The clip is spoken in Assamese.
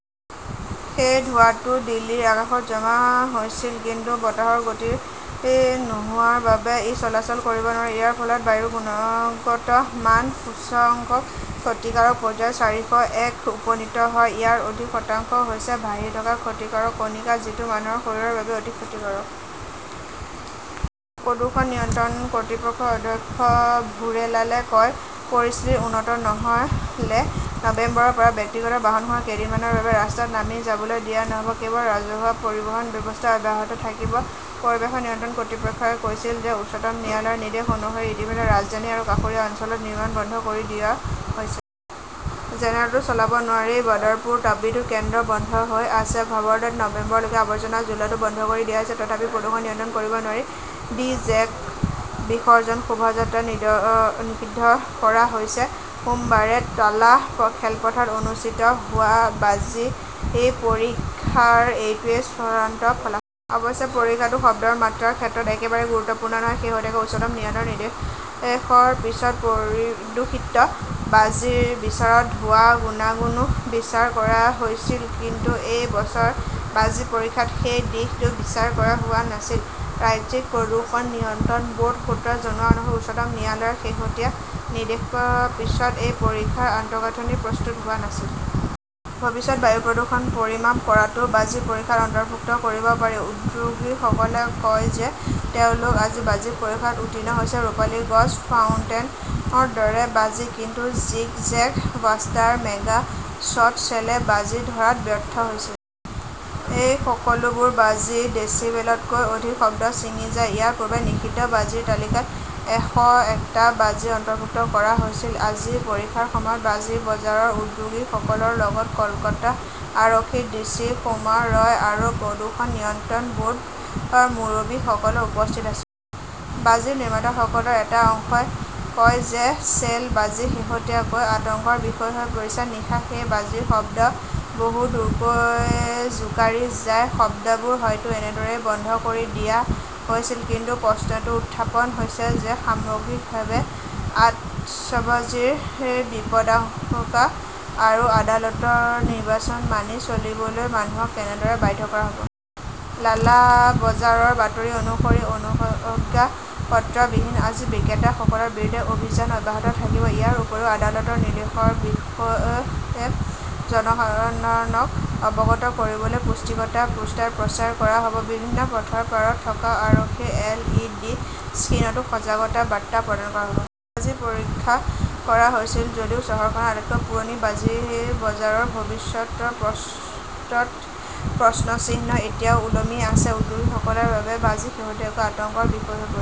সেই ধোঁৱাটো দিল্লীৰ আকাশত জমা হৈছিল। কিন্তু বতাহৰ গতি নোহোৱাৰ বাবে ই চলাচল কৰিব নোৱাৰে। ইয়াৰ ফলত বায়ুৰ গুণগত মান সূচকাংক ক্ষতিকাৰক পৰ্যায় চাৰিশ একত উপনীত হয়। ইয়াৰে অধিক শতাংশ হৈছে ভাহি থকা ক্ষতিকাৰক কণিকা, যিটো মানুহৰ শৰীৰৰ বাবে অতি ক্ষতিকাৰক। প্ৰদূষণ নিয়ন্ত্ৰণ কৰ্তৃপক্ষৰ অধ্যক্ষ ভুৰেলালে কয়, "পৰিস্থিতি উন্নত নহ" লে নৱেম্বৰৰ পৰা ব্যক্তিগত বাহনসমূহক কেইদিনমানৰ বাবে ৰাস্তাত নামি যাবলৈ দিয়া নহব। কেৱল ৰাজহুৱা পৰিবহণ ব্যৱস্থা অব্যাহত থাকিব"। প্ৰদূষণ নিয়ন্ত্ৰণ কৰ্তৃপক্ষই কৈছিল যে, উচ্চতম ন্যায়ালয়ৰ নিৰ্দেশ অনুসৰি ইতিমধ্যে ৰাজধানী আৰু কাষৰীয়া অঞ্চলত নিৰ্মাণ বন্ধ কৰি দিয়া হৈছে। জেনেৰেটৰটো চলাব নোৱাৰি। বাদৰপুৰ তাপবিদ্যুৎ কেন্দ্ৰ বন্ধ হৈ আছে। ভাৱাৰ্ডত নৱেম্বৰলৈকে আৱৰ্জনা জ্বলোৱাটোও বন্ধ কৰি দিয়া হৈছে। তথাপিও প্ৰদূষণ নিয়ন্ত্ৰণ কৰিব নোৱাৰি। ডি. জে. ক বিসৰ্জন শোভাযাত্ৰাত নিষিদ্ধ কৰা হৈছে। সোমবাৰে টালা খেলপথাৰত অনুষ্ঠিত হোৱা বাজি পৰীক্ষাৰ এইটোৱেই চূড়ান্ত ফলাফ অৱশ্যে, পৰীক্ষাটো শব্দৰ মাত্ৰাৰ ক্ষেত্ৰত একেবাৰে গুৰুত্বপূৰ্ণ নহয়। শেহতীয়াকৈ উচ্চতম ন্যায়ালয়ৰ নিৰ্দেশৰ পিছত প্ৰদূষিত বাজিৰ বিচাৰত ধোঁৱাৰ গুণাগুণো বিচাৰ কৰা হৈছিল। কিন্তু এই বছৰৰ বাজি পৰীক্ষাত সেই দিশটো বিচাৰ কৰা হোৱা নাছিল। ৰাজ্যিক প্ৰদূষণ নিয়ন্ত্ৰণ বৰ্ডৰ সূত্ৰই জনোৱা অনুসৰি, উচ্চতম ন্যায়ালয়ৰ শেহতীয়া নিৰ্দেশৰ পিছত এই পৰীক্ষাৰ আন্তঃগাঁথনি প্ৰস্তুত কৰা হোৱা নাছিল। ভৱিষ্যতে বায়ু প্ৰদূষণ পৰিমাপ কৰাটোও বাজি পৰীক্ষাত অন্তৰ্ভুক্ত কৰিব পাৰি। উদ্যোগীসকলে কয় যে, তেওঁলোকে আজি বাজি পৰীক্ষাত উত্তীৰ্ণ হৈছে "ৰূপালী গছ ", ফাউণ্টেনৰ দৰে বাজি। কিন্তু zigzag, buster, mega shot শ্বেলে বাজি ধৰাত ব্যৰ্থ হৈছিল। এই সকলোবোৰ বাজি ডেচিবলতকৈ অধিক শব্দত ছিঙি যায়। ইয়াৰ পূৰ্বে নিষিদ্ধ বাজিৰ তালিকাত এশএকটা বাজি অন্তৰ্ভুক্ত কৰা হৈছিল। আজি পৰীক্ষাৰ সময়ত বাজি বজাৰৰ উদ্যোগীসকলৰ লগতে কলকাতা আৰক্ষীৰ ডিচি সৌম্যা ৰয় আৰু প্ৰদূষণ নিয়ন্ত্ৰণ বৰ্ডৰ মুৰব্বীসকলো উপস্থিত আছিল। বাজি নিৰ্মাতাসকলৰ এটা অংশই কয় যে, "শ্বেল" বাজি শেহতীয়াকৈ আতংকৰ বিষয় হৈ পৰিছে। নিশা সেই বাজিৰ শব্দ বহু দূৰলৈ জোকাৰি যায়। শব্দবোৰ হয়তো এনেদৰেই বন্ধ কৰি দিয়া হৈছিল। কিন্তু প্ৰশ্নটো উত্থাপন হৈছে যে, সামগ্ৰিকভাৱে আতচবাজীৰ বিপদাশংকা আৰু আদালতৰ নিৰ্দেশনা মানি চলিবলৈ মানুহক কেনেদৰে বাধ্য কৰা হ'ব? লালবাজাৰৰ বাতৰি অনুসৰি, অনুজ্ঞাপত্ৰবিহীন বাজি বিক্ৰেতাসকলৰ বিৰুদ্ধে অভিযান অব্যাহত থাকিব। ইয়াৰ উপৰিও, আদালতৰ নিৰ্দেশৰ বিষয়ে জনসাধাৰণক অৱগত কৰিবলৈ পুস্তিকা, পোষ্টাৰ প্ৰচাৰ কৰা হ'ব। বিভিন্ন পথৰ পাৰত থকা আৰক্ষীৰ এল. ই. ডি. স্ক্ৰীণতো সজাগতাৰ বাৰ্তা প্ৰদান কৰা হ'ব। বাজি পৰীক্ষা কৰা হৈছিল যদিও, চহৰখনৰ আটাইতকৈ পুৰণি বাজি বজাৰৰ ভৱিষ্যতৰ ওপৰত প্ৰশ্নচিহ্ন এতিয়াও ওলমি আছে। উদ্যোগীসকলৰ বাবে বাজি শেহতীয়াকৈ আতংকৰ বিষয় হৈ পৰিছে।